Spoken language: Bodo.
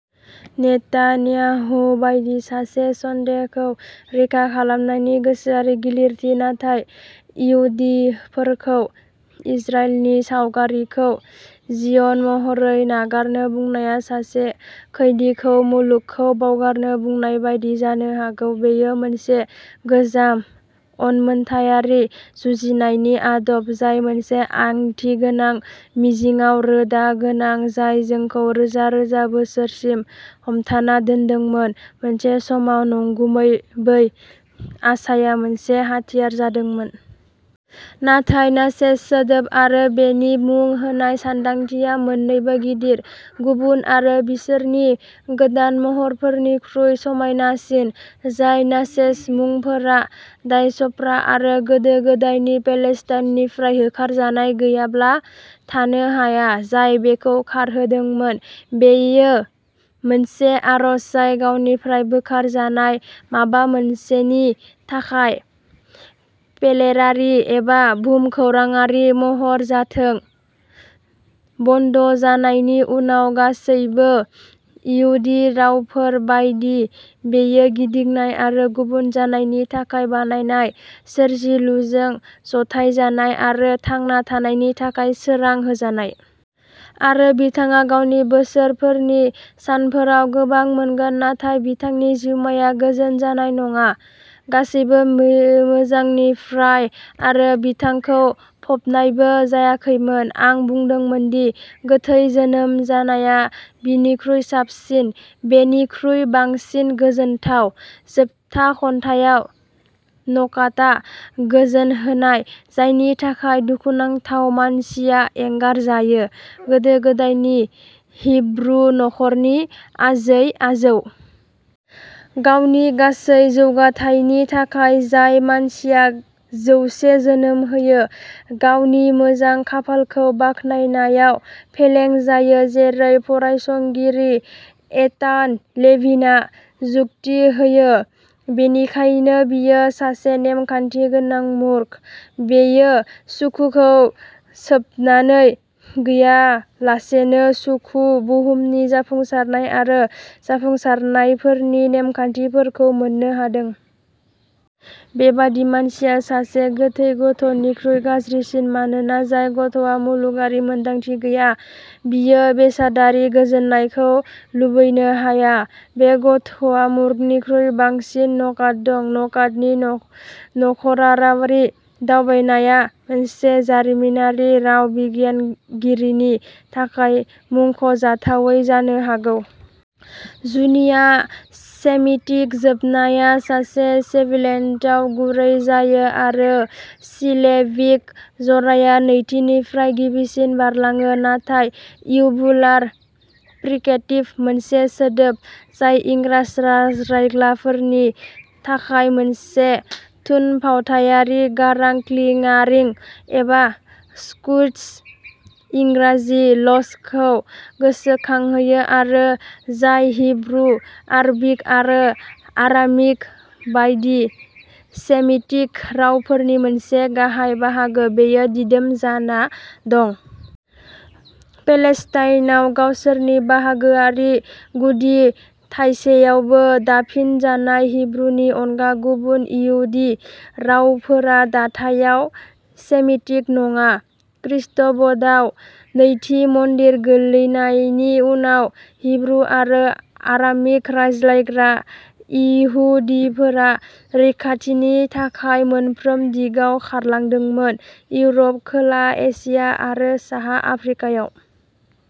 नेतान्याहु बायदि सासे स'न्डेखौ रैखा खालामनायनि गोसोआरि गिलिरथि। नाथाय इहुदिफोरखौ इजराइलनि सावगारिखौ जिय'न महरै नागारनो बुंनाया सासे खैदीखौ मुलुगखौ बावगारनो बुंनाय बायदि जानो हागौ। बेयो मोनसे गोजाम, उनमोनथायारि जुजिनायनि आदब, जाय मोनसे ओंथिगोनां मिजिंआव रोदा गोनां, जाय जोंखौ रोजा-रोजा बोसोरसिम हमथाना दोनदोंमोन; मोनसे समाव नंगुबै, बै आसाया मोनसे हाथियार जादोंमोन। नाथाय नाचेस सोदोब आरो बेनि मुं होनाय सानदांथिया मोन्नैबो गिदिर, गुबुन आरो बिसोरनि गोदान महरफोरनिख्रुइ समायनासिन। जाय नाचेस मुंफोरा डायस्प'रा आरो गोदो-गोदायनि पेलेस्टाइननिफ्राय होखारजानाय गैयाब्ला थानो हाया, जाय बेखौ खारहोदोंमोन। बेयो मोनसे आरज जाय गावनिफ्राय बोखारजानाय माबा मोनसेनि थाखाय, फोलेरारि एबा भुमखौराङारि महरै जाथों; बनद'जानायनि उनाव गासैबो इहुदि रावफोर बायदि, बेयो गिदिंनाय आरो गुबुन जानायनि थाखाय बानायनाय, सोरजिलुजों जथायजानाय आरो थांना थानायनि थाखाय सोरां होजानाय। आरो बिथाङा गावनि बोसोरफोरनि सानफोराव गोबां मोनगोन, नाथाय बिथांनि जिउमाया गोजोन जानाय नङा। गासैबो मोजांनिफ्राय, आरो बिथांखौ फबनायबो जायाखैमोन। आं बुंदोंमोन दि गोथै जोनोम जानाया बिनिख्रुइ साबसिन. बेनिख्रुइ बांसिन गोजोनथाव। जोबथा खन्थाइआव, नखातआ "गोजोनहोनाय" जायनि थाखाय दुखुनांथाव मानसिया एंगारजायो, गोदो गोदायनि हिब्रु नख'रनि आजै-आजौ। गावनि गासै जौगाथायनि थाखाय, जाय मानसिया "जौसे जोनोम होयो" गावनि मोजां खाफालखौ बाख्नायनायाव फेलें जायो। जेरै फरायसंगिरि एतान लेभिनआ जुक्ति होयो, बेनिखायनो बियो सासे "नेमखान्थि गोनां मूर्ख": बियो सुखुखौ सोबनानै गैयालासेनो सुखु, बुहुमनि जाफुंसारनाय आरो जाफुंसारनायफोरनि नेमखान्थिफोरखौ मोननो हादों। बेबादि मानसिया "सासे गोथै गथ'" निख्रुइ गाज्रिसिन, मानोना जाय गथ'आ मुलुगारि मोन्दांथि गैया बियो बेसादारि गोजोननायखौ लुबैनो हाया; बे गथ'आ मूर्खनिख्रुइ बांसिन नखात दं। नखातनि नख'रावारि दावबायनाया मोनसे जारिमिनारि राव बिगियानगिरिनि थाखाय मुंख'जाथावै जानो हागौ। जुनिया सेमिटिक जोबनाया सासे सिबिलेन्टआव गुरै जायो आरो सिलेबिक जराया नैथिनिफ्राय गिबिसिम बारलाङो। नाथाय। इउभुलार फ्रिकेटिभ, मोनसे सोदोब जाय इंराजि रायज्लायग्राफोरनि थाखाय मोनसे थुनफावथायारि गारां-क्लियारिं एबा स्कट्स-इंराजि ल'चखौ गोसोखांहोयो आरो जाय हिब्रु, आरबिक आरो आरामिक बायदि सेमिटिक रावफोरनि मोनसे गाहाय बाहागो, बेयो दिदोम जाना दं। पेलेस्टाइनआव गावसोरनि बाहागोआरि गुदि थासेयावबो, दाफिनजानाय हिब्रुनि अनगा गुबुन इहुदि रावफोरा दाथायाव सेमिटिक नङा। खृष्टाब्दआव नैथि मन्दिर गोग्लैनायनि उनाव, हिब्रु-आरो आरामिक रायज्लायग्रा इहुदिफोरा रैखाथिनि थाखाय मोनफ्रोम दिगाव खारलांदोंमोन, इउर'प, खोला एसिया आरो साहा आफ्रिकायाव।